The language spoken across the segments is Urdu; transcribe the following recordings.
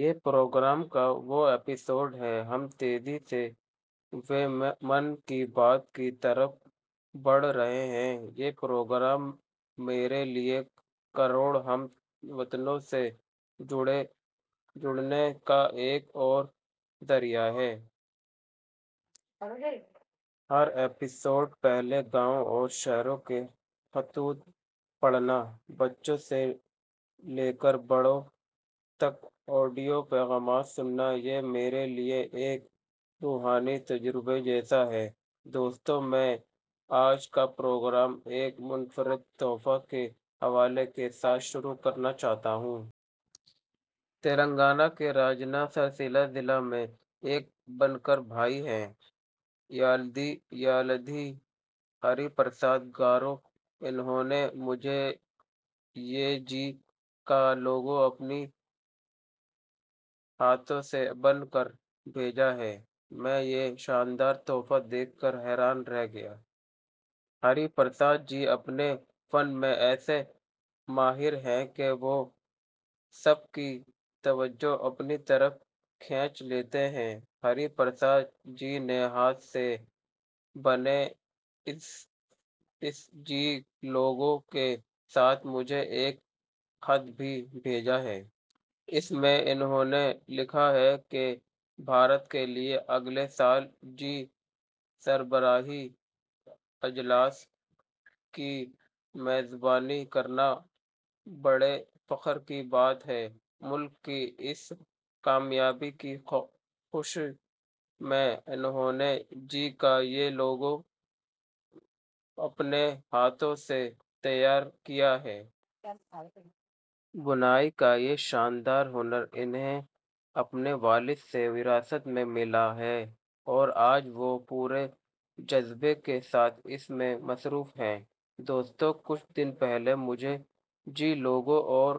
یہ پروگرام کا واں ایپیسوڈ ہے۔ ہم تیزی سے ویں ' من کی بات ' کی طرف بڑھ رہے ہیں۔ یہ پروگرام میرے لئے کروڑ ہم وطنوں سے جڑنے کا ایک اور ذریعہ ہے۔ ہر ایپیسوڈ سے پہلے گاؤں اور شہروں کے خطوط پڑھنا ؛ بچوں سے لے کر بڑوں تک آڈیو پیغامات سننا؛ یہ میرے لئے ایک روحانی تجربے جیسا ہے۔ دوستو، میں آج کا پروگرام ایک منفرد تحفہ کے حوالے کے ساتھ شروع کرنا چاہتا ہوں۔ تلنگانہ کے راجنا سرسیلا ضلع میں ایک بنکر بھائی ہیں – یلدھی ہری پرساد گارو۔ انہوں نے مجھے یہ جی – کا لوگو اپنے ہاتھوں سے بن کر بھیجا ہے۔ میں یہ شاندار تحفہ دیکھ کر حیران رہ گیا۔ ہری پرساد جی اپنے فن میں ایسے ماہر ہیں کہ وہ سب کی توجہ اپنی طرف کھینچ لیتے ہیں۔ ہری پرساد جی نے ہاتھ سے بنے اس جی – لوگو کے ساتھ مجھے ایک خط بھی بھیجا ہے۔ اس میں ، انہوں نے لکھا ہے کہ بھارت کے لئے اگلے سال جی - سربراہی اجلاس کی میزبانی کرنا بڑے فخر کی بات ہے۔ ملک کی ، اس کامیابی کی خوشی میں ، انہوں نے جی – کا یہ لوگو اپنے ہاتھوں سے تیار کیا ہے۔ بُنائی کا یہ شاندار ہنر ، انہیں اپنے والد سے وراثت میں ملا ہے اور آج وہ پورے جذبے کے ساتھ اس میں مصروف ہیں۔ دوستو، کچھ دن پہلے مجھے جی – لوگو اور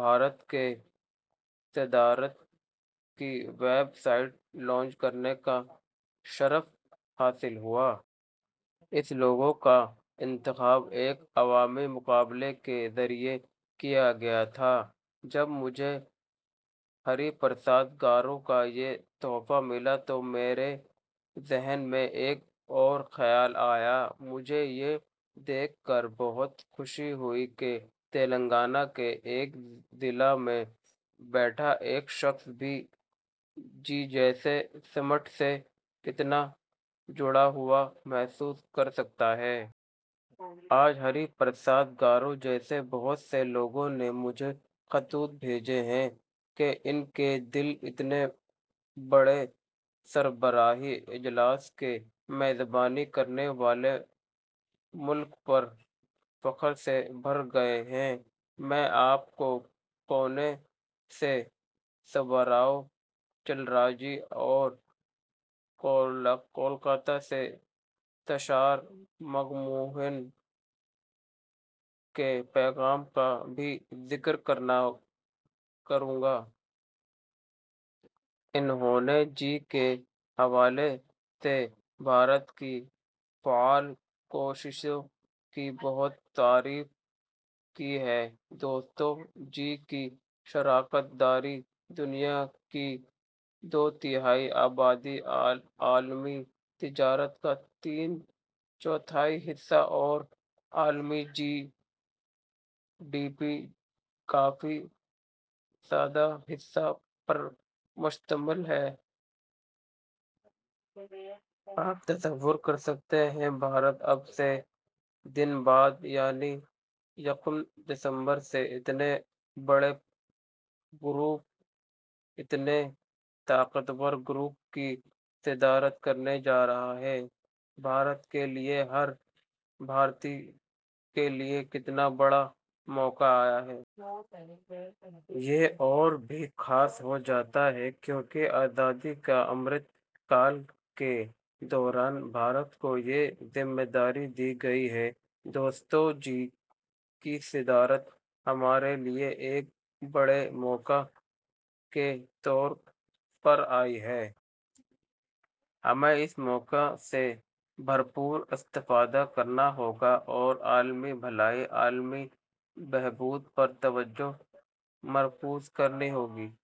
بھارت کی صدارت کی ویب سائٹ لانچ کرنے کا شرف حاصل ہوا۔ اس لوگو کا انتخاب ایک عوامی مقابلے کے ذریعے کیا گیا تھا۔ جب مجھے ہری پرساد گارو کا یہ تحفہ ملا تو میرے ذہن میں ایک اور خیال آیا۔ مجھے یہ دیکھ کر بہت خوشی ہوئی کہ تلنگانہ کے ایک ضلع میں بیٹھا ایک شخص بھی جی – جیسے سمٹ سے کتنا جڑا ہوا محسوس کر سکتا ہے۔ آج، ہری پرساد گارو جیسے بہت سے لوگوں نے مجھے خطوط بھیجے ہیں کہ ان کے دل اتنے بڑے سربراہی اجلاس کی میزبانی کرنے والے ملک پر فخر سے بھر گئے ہیں۔ میں آپ کو پونے سے سبا راؤ چلّرا جی اور کولکاتہ سے تشار جگموہن کے پیغام کا بھی ذکر کروں گا۔ انہوں نے جی – کے حوالے سے بھارت کی فعال کوششوں کی بہت تعریف کی ہے۔ دوستو، جی – کی شراکت داری دنیا کی دو تہائی آبادی، عالمی تجارت کا تین چوتھائی حصہ اور عالمی جی ڈی پی کا فی صد حصہ پر مشتمل ہے۔ آپ تصور کر سکتے ہیں – بھارت اب سے دن بعد یعنی یکم دسمبر سے اتنے بڑے گروپ، اتنے طاقتور گروپ کی صدارت کرنے جا رہا ہے۔ بھارت کے لئے، ہر بھارتی کے لئے کتنا بڑا موقع آیا ہے! یہ اور بھی خاص ہو جاتا ہے کیونکہ آزادی کا امرت کال کے دوران بھارت کو یہ ذمہ داری دی گئی ہے ۔ دوستو، جی – کی صدارت ہمارے لئے ایک بڑے موقع کے طور پر آئی ہے۔ ہمیں اس موقع سے بھرپور استفادہ کرنا ہوگا اور عالمی بھلائی، عالمی بہبود پر توجہ مرکوز کرنی ہوگی۔